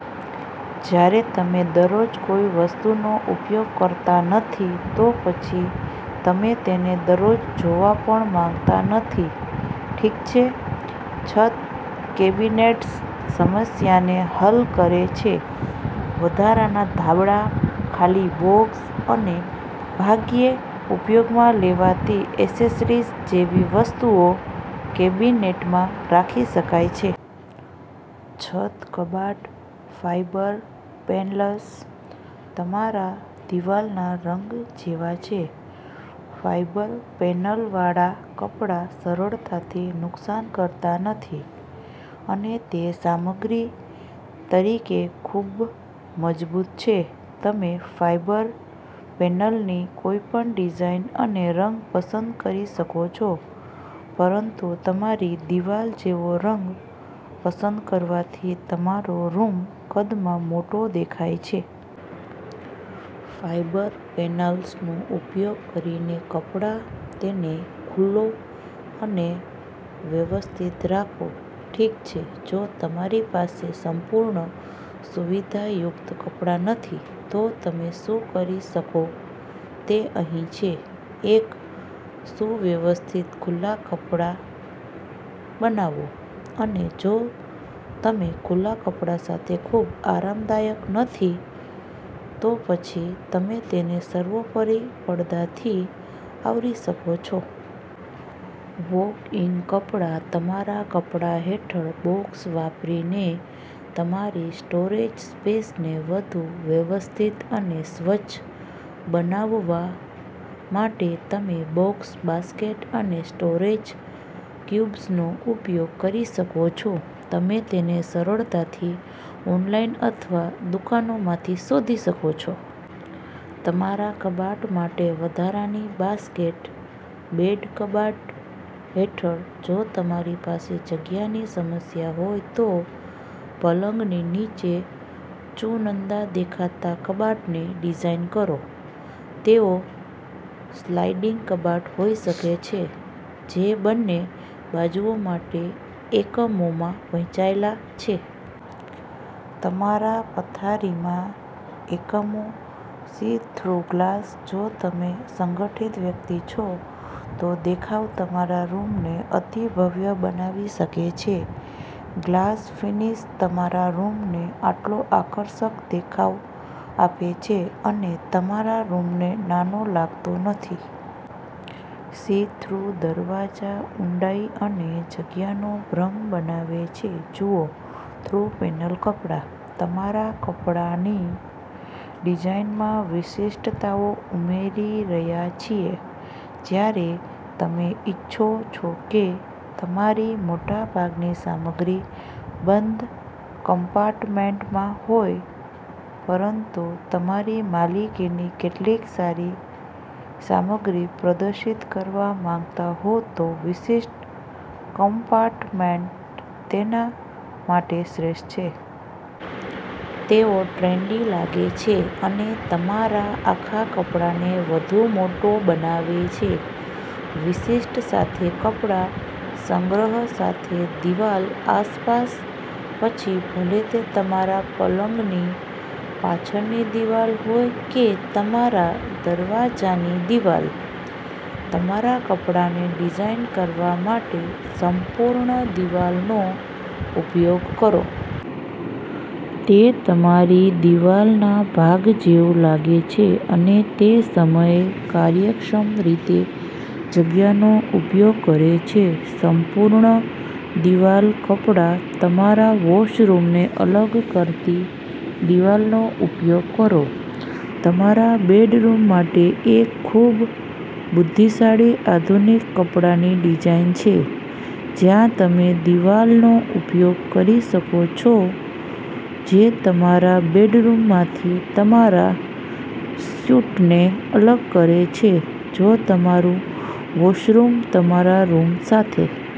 જ્યારે તમે દરરોજ કોઈ વસ્તુનો ઉપયોગ કરતા નથી, તો પછી તમે તેને દરરોજ જોવા પણ માંગતા નથી. ઠીક છે, છત કેબિનેટ્સ સમસ્યાને હલ કરે છે. વધારાના ધાબળા, ખાલી બોક્સ અને ભાગ્યે ઉપયોગમાં લેવાતી એસેસરીઝ જેવી વસ્તુઓ કેબિનેટમાં રાખી શકાય છે. છત કબાટ. ફાઇબર પેનલ્સ તમારા દિવાલના રંગ જેવા છે. ફાઈબર પેનલવાળા કપડા સરળતાથી નુકસાન કરતા નથી, અને તે સામગ્રી તરીકે ખૂબ મજબૂત છે. તમે ફાઇબર પેનલની કોઈપણ ડિઝાઇન અને રંગ પસંદ કરી શકો છો, પરંતુ તમારી દિવાલ જેવો રંગ પસંદ કરવાથી તમારો રૂમ કદમાં મોટો દેખાય છે. ફાઇબર પેનલ્સનો ઉપયોગ કરીને કપડા. તેને ખુલ્લો અને વ્યવસ્થિત રાખો. ઠીક છે, જો તમારી પાસે સંપૂર્ણ સુવિધાયુક્ત કપડા નથી, તો તમે શું કરી શકો તે અહીં છે. એક સુવ્યવસ્થિત ખુલ્લા કપડા બનાવો. અને જો તમે ખુલ્લા કપડા સાથે ખૂબ આરામદાયક નથી, તો પછી તમે તેને સર્વોપરી પડદાથી આવરી શકો છો. વૉક-ઇન કપડા. તમારા કપડા હેઠળ બોક્સ વાપરીને તમારી સ્ટોરેજ સ્પેસને વધુ વ્યવસ્થિત અને સ્વચ્છ બનાવવા માટે, તમે બોક્સ, બાસ્કેટ અને સ્ટોરેજ ક્યુબ્સનો ઉપયોગ કરી શકો છો. તમે તેને સરળતાથી ઑનલાઇન અથવા દુકાનોમાં શોધી શકો છો. તમારા કબાટ માટે વધારાની બાસ્કેટ. બેડ કબાટ હેઠળ. જો તમારી પાસે જગ્યાની સમસ્યા હોય, તો પલંગની નીચે ચુનંદા દેખાતા કબાટને ડિઝાઇન કરો. તેઓ સ્લાઇડિંગ કબાટ હોઈ શકે છે, જે બંને બાજુઓ માટે એકમોમાં વહેંચાયેલા છે. તમારા પથારીમાં એકમો. See through glass. જો તમે સંગઠિત વ્યક્તિ છો, તો દેખાવ તમારા રૂમને અતિ ભવ્ય બનાવી શકે છે. ગ્લાસ ફિનિશ તમારા રૂમને આટલો આકર્ષક દેખાવ આપે છે અને તમારા રૂમને નાનો લાગતો નથી. સી-થ્રુ દરવાજા ઊંડાઈ અને જગ્યાનો ભ્રમ બનાવે છે. જુઓ-થ્રુ પેનલ કપડા. તમારા કપડાની ડિઝાઇનમાં વિશિષ્ટતાઓ ઉમેરી રહ્યા છીએ. જ્યારે તમે ઇચ્છો છો કે તમારી મોટાભાગની સામગ્રી બંધ કમ્પાર્ટમેન્ટમાં હોય પરંતુ તમારી માલિકીની કેટલીક સારી સામગ્રી પ્રદર્શિત કરવા માંગતા હો, તો વિશિષ્ટ કમ્પાર્ટમેન્ટ તેના માટે શ્રેષ્ઠ છે. તેઓ ટ્રેન્ડી લાગે છે અને તમારા આખા કપડાને વધુ મોટો બનાવે છે. વિશિષ્ટ સાથે કપડા. સંગ્રહ સાથે દિવાલ આસપાસ. પછી ભલે તે તમારા પલંગની પાછળની દિવાલ હોય કે તમારા દરવાજાની દિવાલ, તમારા કપડાને ડિઝાઇન કરવા માટે સંપૂર્ણ દિવાલનો ઉપયોગ કરો. તે તમારી દિવાલના ભાગ જેવું લાગે છે અને તે સમયે કાર્યક્ષમ રીતે જગ્યાનો ઉપયોગ કરે છે. સંપૂર્ણ દિવાલ કપડા. તમારા વૉશરૂમને અલગ કરતી દિવાલનો ઉપયોગ કરો. તમારા બેડરૂમ માટે એક ખૂબ બુદ્ધિશાળી આધુનિક કપડાની ડિઝાઇન છે, જ્યાં તમે દિવાલનો ઉપયોગ કરી શકો છો જે તમારા બેડરૂમમાંથી તમારા સ્યુટને અલગ કરે છે. જો તમારું વૉશરૂમ તમારા રૂમ સાથે